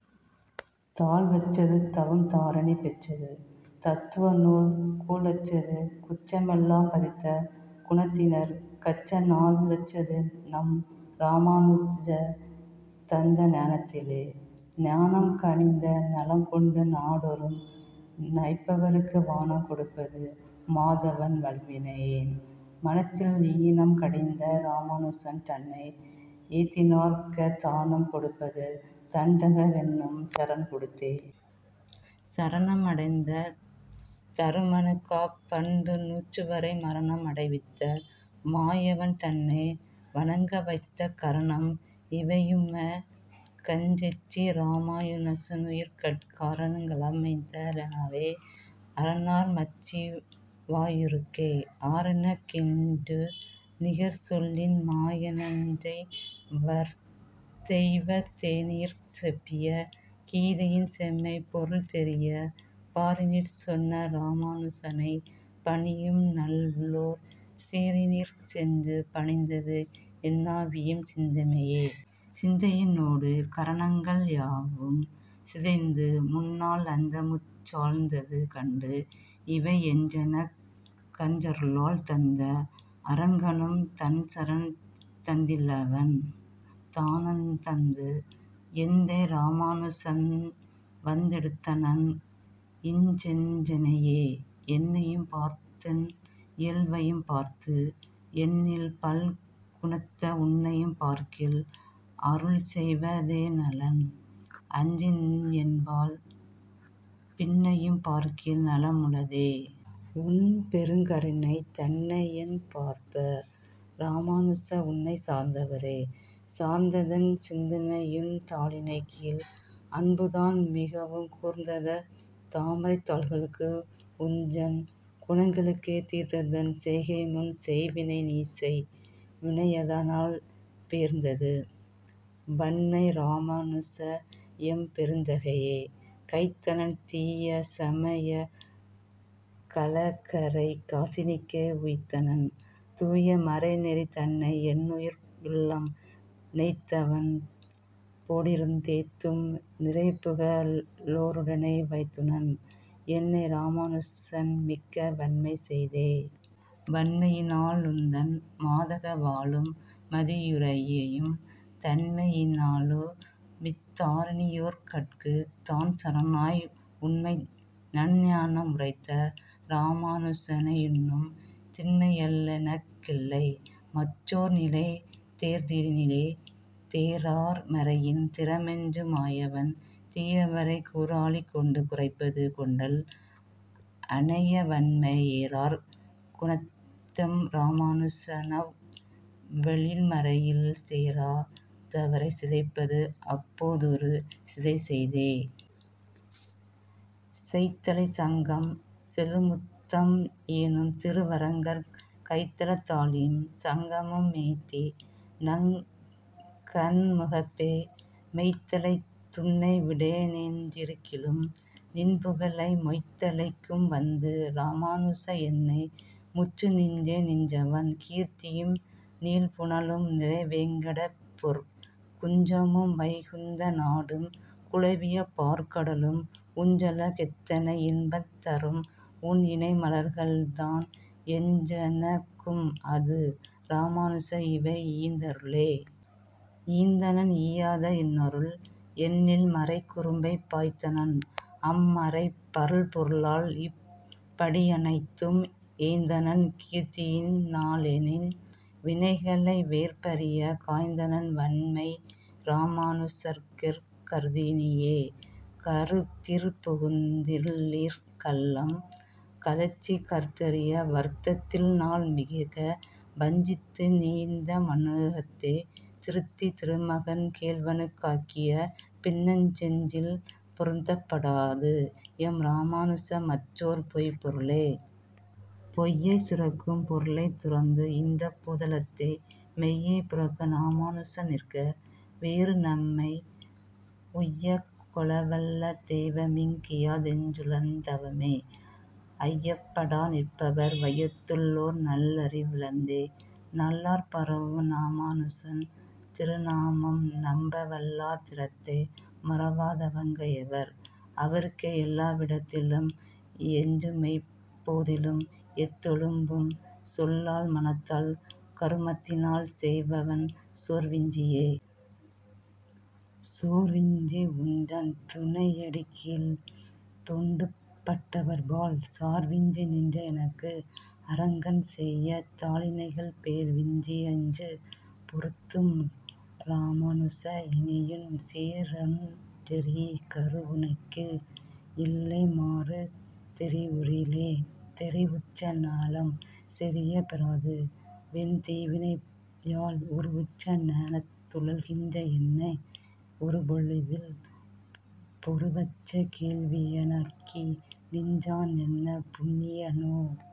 தாழ்வற் றதுதவம் தாரணி பெற்றது, தத்துவநூல் கூழற் றதுகுற்ற மெல்லாம் பதித்த குணத்தினர்க்கந் நாழற் றது, நம் இராமா னுசந்தந்த ஞானத்திலே. ஞானம் கனிந்த நலங்கொண்டு நாடொரும் நைபவர்க்கு வானம் கொடுப்பது மாதவன் வல்வினை யேன்மனத்தில் ஈனம் கடிந்த இராமா னுசன் தன்னை எய்தினர்க்கத் தானம் கொடுப்பது தன்தக வென்னும் சரண்கொடுத்தே. சரணம் அடைந்த தருமனுக் காப், பண்டு நூற்றுவரை மரணம் அடைவித்த மாயவன் தன்னை வணங்கவைத்த கரணம் இவையுமக் கன்றென்றி ராமா னுசனுயிர்கட் கரணங் கமைத்தில னேல், அர ணார்மற்றிவ் வாருயிர்க்கே? ஆரெனக் கின்று நிகர்ச்சொல்லின் மாயனன் றைவர்த்தெய்வத் தேரினிற் செப்பிய கீதையின் செம்மைப் பொருள்தெரியப் பாரினிற் சொன்ன இராமா னுசனைப் பணியும்நல்லோர் சீரினிற் சென்று பணிந்தது, என் னாவியும் சிந்தையுமே. சிந்தையி னோடு கரணங்கள் யாவும் சிதைந்து, முன்னாள் அந்தமுற் றாழ்ந்தது கண்டு, இவை என்றனக் கன்றருளால் தந்த அரங்கனும் தன்சரண் தந்திலன் தானதுதந்து எந்தை இராமா னுசன்வந் தெடுத்தனன் இன்றென்னையே. என்னையும் பார்த்தென் இயல்வையும் பார்த்து, எண்ணில் பல்குணத்த உன்னையும் பார்க்கில் அருள்செய்வ தேநலம் அன்றியென்பால் பின்னையும் பார்க்கில் நலமுள தே? உன் பெருங்கருணை தன்னையென் பார்ப்பர் இராமா னுச உன்னைச் சார்ந்தவரே? சார்ந்ததென் சிந்தையுன் தாளிணைக் கீழ், அன்பு தான்மிகவும் கூர்ந்ததத் தாமரைத் தாள்களுக்கு உன்றன் குணங்களுக்கே தீர்ந்ததென் செய்கைமுன் செய்வினை நீசெய் வினையதனால் பேர்ந்தது வண்மை இராமா னுச எம் பெருந்தகையே. கைத்தனன் தீய சமயக் கலகரைக் காசினிக்கே உய்த்தனன் தூய மறைநெறி தன்னை, என் றுன்னியுள்ளம் நெய்த்தவன் போடிருந் தேத்தும் நிறைபுக ழோருடனே வைத்தனன் என்னை இராமா னுசன்மிக்க வண்மைசெய்தே. வண்மையி னாலுந்தன் மாதக வாலும் மதிபுரையும் தண்மையி னாலுமித் தாரணி யோர்கட்குத் தான்சரணாய் உண்மைநன் ஞானம் உரைத்த இராமா னுசனையுன்னும் திண்மையல் லாலெனக் கில்லை, மற் றோர்நிலை தேர்ந்திடிலே. தேரார் மறையின் திறமென்று மாயவன் தீயவரைக் கூராழி கொண்டு குறைப்பது கொண்டல் அனையவண்மை ஏரார் குணத்தெம் இராமா னுசனவ் வெழில்மறையில் சேரா தவரைச் சிதைப்பது அப் போதொரு சிந்தைசெய்தே. செய்த்தலைச் சங்கம் செழுமுத்தம் ஈனும் திருவரங்கர் கைத்தலத் தாழியும் சங்கமு மேந்தி, நங் கண்முகப்பே மெய்த்தலைத் துன்னை விடேனென் றிருக்கிலும் நின்புகழே மொய்த்தலைக் கும்வந்து இராமா னுச. என்னை முற்றுநின்றே. நின்றவண் கீர்த்தியும் நீள்புனலும், நிறை வேங்கடப்பொற் குன்றமும் வைகுந்த நாடும் குலவிய பாற்கடலும் உன்றனக் கெத்தனை இன்பந் தரும்உன் இணைமலர்த்தாள் என்றனக் கும்அது, இராமா னுச இவை யீந்தருளே. ஈந்தனன் ஈயாத இன்னருள் எண்ணில் மறைக்குறும்பைப் பாய்ந்தனன் அம்மறைப் பல்பொரு ளால், இப் படியனைத்தும் ஏய்ந்தனன் கீர்த்தியி னாலென் வினைகளை வேர்பறியக் காய்ந்தனன் வண்மை இராமா னுசற்கென் கருத்தினியே? கருத்திற் புகுந்துள்ளிற் கள்ளம் கழற்றிக் கருதரிய வருத்தத்தி னால்மிக வஞ்சித்து நீயிந்த மண்ணகத்தே திருத்தித் திருமகள் கேள்வனுக் காக்கிய பின்னென்னெஞ்சில் பொருத்தப் படாது, எம் இராமா னுச மற்றோர் பொய்ப் பொருளே. பொய்யைச் சுரக்கும் பொருளைத் துறந்து, இந்தப் பூதலத்தே மெய்மைப் புரக்கும் இராமா னுசன்நிற்க, வேறுநம்மை உய்யக் கொளவல்ல தெய்வமிங் கியாதென் றுலர்ந்தவமே ஐயப் படாநிற்பர் வையத்துள் ளோர்நல் லறிவிழந்தே. நல்லார் பரவும் இராமா னுசன், திரு நாமம்நம்ப வல்லார் திறத்தை மறவா தவர்கள் எவர், அவர்க்கே எல்லா விடத்திலும் என்றுமெப் போதிலும் எத்தொழும்பும் சொல்லால் மனத்தால் கருமத்தி னால்செய்வன் சோர்வின்றியே. சோர்வின்றி உன்றன் துணையடிக் கீழ்த், தொண்டு பட்டவர்பால் சார்வின்றி நின்ற எனக்கு, அரங் கன்செய்ய தாளிணைகள் பேர்வின்றி யின்று பெறுத்தும் இராமா னுச. இனியுன் சீரொன் றியகரு ணைக்கு, இல்லை மாறு தெரிவுறிலே. தெரிவுற்ற ஞாலம் செறியப் பெறாது, வெந் தீவினையால் உருவற்ற ஞானத் துழல்கின்ற என்னை, ஒருபொழுதில் பொருவற்ற கேள்விய னாக்கிநின் றானென்ன புண்ணீயனோ.